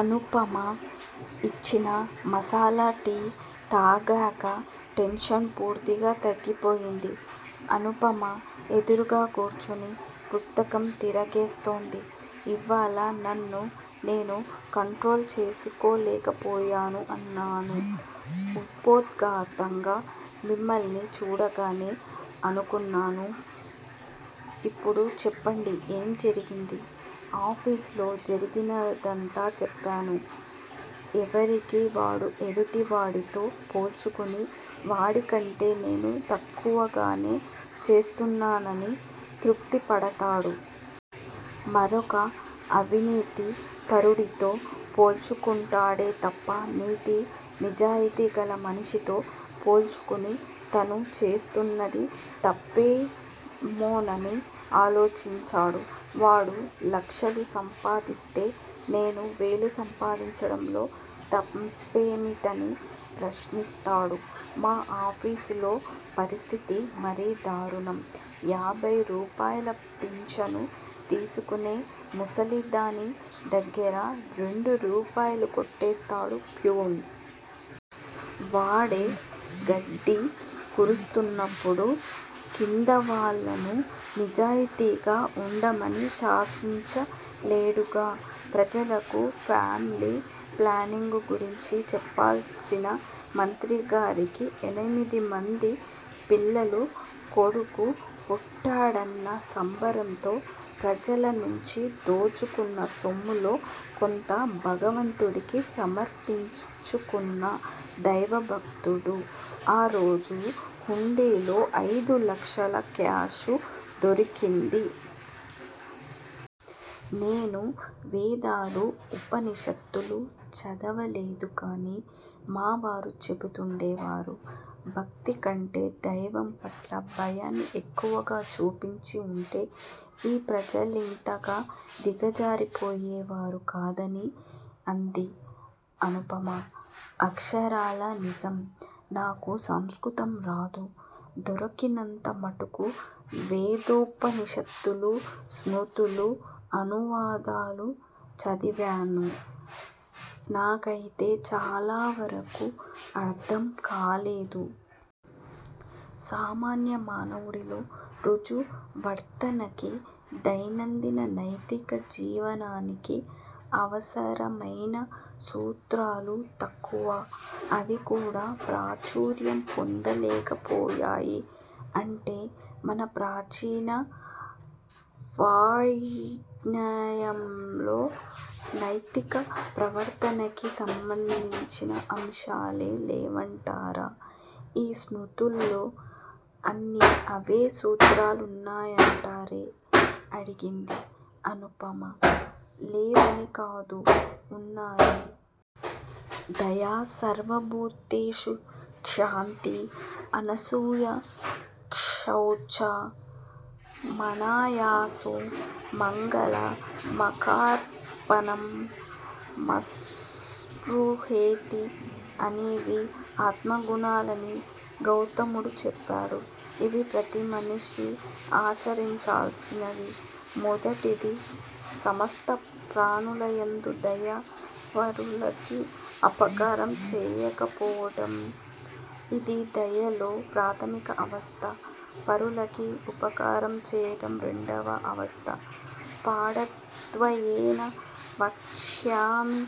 అనుపమ యిచ్చిన మసాలా టీ తాగాక టెన్షన్ పూర్తిగా తగ్గిపోయింది. అనుపమ ఎదురుగా కూర్చుని పుస్తకం తిరగేస్తోంది. ఇవ్వాళ నన్ను నేను కంట్రోల్ చేసుకోలేక పోయాను అన్నాను ఉపోద్ఘాతంగా. మిమ్మల్ని చూడగానే అనుకున్నాను. ఇప్పుడు చెప్పండి ఏం జరిగింది? ఆఫీసులో జరిగినదంతా చెప్పాను. ఎవరికి వాడు ఎదుటి వాడితో పోల్చుకుని వాడికంటే నేను తక్కువగానే చేస్తున్నానని తృప్తి పడతాడు. మరొక అవినీతి పరుడితో పోల్చుకుంటాడే తప్ప నీతి, నిజాయితీగల మనిషితో పోల్చుకుని తను చేస్తున్నది తప్పేమోనని ఆలోచించడు. వాడు లక్షలు సంపాదిస్తే నేను వేలు సంపాదించడంలో తప్పేమిటని ప్రశ్నిస్తాడు. మా ఆఫీసులో పరిస్థతి మరీ దారుణం. యాభై రూపాయల ఫించను తీసుకునే ముసలిదాని దగ్గరా రెండు రూపాయలు కొట్టేస్తాడు ఫ్యూన్. వాడే గడ్డి కరుస్తున్నప్పుడు కిందవాళ్ళను నిజాయితీగా వుండమని శాసించలేడుగా. ప్రజలకు ఫ్యామిలి ప్లానింగు గురించి చెప్పాల్సిన మంత్రిగారికి ఎనిమిది మంది పిల్లలు. కొడుకు పుట్టాడన్న సంబరంతో ప్రజల నుంచి దోచుకున్న సొమ్ములో కొంత భగవంతుడికి సమర్పించుకున్న దైవభక్తుడు. ఆ రోజు హుండీలో ఐదు లక్షల క్యాష్ దొరికింది. నేను వేదాలు, ఉపనిషత్తులు చదవలేదుగాని మా వారు చెపుతుండేవారు. భక్తి కంటే దైవంపట్ల భయాన్ని ఎక్కువగా చూపించి వుంటే ఈ ప్రజలింతగా దిగజారి పోయేవారు కాదని అంది అనుపమ. అక్షరాలా నిజం. నాకు సంస్కృతం రాదు. దొరికినంత మటుకు వేదోపనిషత్తులు, స్మృతులు, అనువాదాలు చదివాను. నాకయితే చాలావరకు అర్ధంకాలేదు. సామాన్య మానవుడిలో ఋజు వర్తనకి, దైనందిన నైతిక జీవనానికి అవసరమయిన సూత్రాలు తక్కువ. అవి కూడా ప్రాచుర్యం పొందలేకపోయాయి. అంటే మన ప్రాచీన వాఞ్మయంలో నైతిక ప్రవర్తనకి సంబంధించిన అంశాలే లేవంటారా? ఈ స్మృతుల్లో అన్నీ అవే సూత్రాలున్నాయంటారే అడిగింది అనుపమ. లేవని కాదు, ఉన్నాయి. 'దయా సర్వభూతేషు, క్షాంతి, అనసూయాశౌచ, మనాయాసో, మంగళ, మకార్పణం, మస్పృహేతి' అనేవి ఆత్మగుణాలని గౌతముడు చెప్పాడు. ఇవి ప్రతిమనిషి ఆచరించాల్సినవి. మొదటిది- సమస్త ప్రాణులయందు దయ, పరులకి అపకారం చేయకపోవడం, ఇది దయలో ప్రాథమిక అవస్థ. పరులకి ఉపకారం చేయడం రెండవ అవస్థ. 'పాడద్వయేన వక్ష్యామి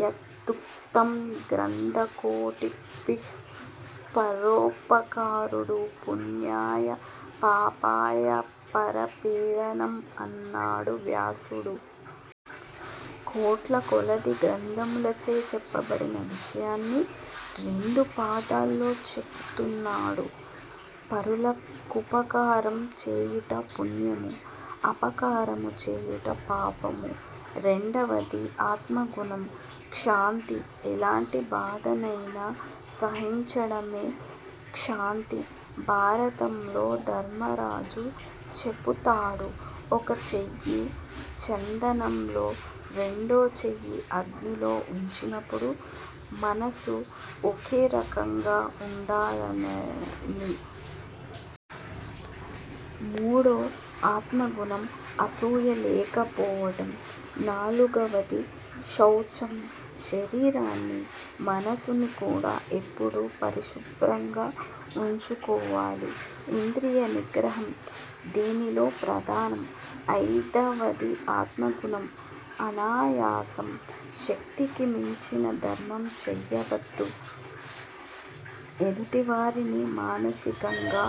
యదుక్తం గ్రంధకోటిభిః పరోపకారుడు పుణ్యాయ పాపాయ పరపీడనం' అన్నాడు వ్యాసుడు. కోట్ల కొలది గ్రంథములచే చెప్పబడిన విషయాన్ని రెండు పాదాల్లో చెపుతున్నాడు. పరుల కుపకారము చేయుట పుణ్యము, అపకారము చేయుట పాపము. రెండవది- ఆత్మగుణం క్షాంతి. ఎలాంటి బాధనయినా సహించడమే క్షాంతి. భారతంలో ధర్మరాజు చెపుతాడు. ఒక చెయ్యి చందనంలో, రెండో చెయ్యి అగ్నిలో వుంచినపుడు మనసు ఒకేరకంగా వుండాలని. మూడో ఆత్మగుణం- అసూయ లేకపోవడం, నాలుగవది-శౌచం. శరీరాన్ని, మనసుని కూడా ఎప్పుడూ పరిశుభ్రంగా వుంచుకోవాలి. ఇంద్రియ నిగ్రహం దీనిలో ప్రధానం. అయిదవది ఆత్మగుణం- అనాయాసం, శక్తికి మించిన ధర్మం చెయ్యవద్దు. ఎదుటి వారిని మానసికంగా,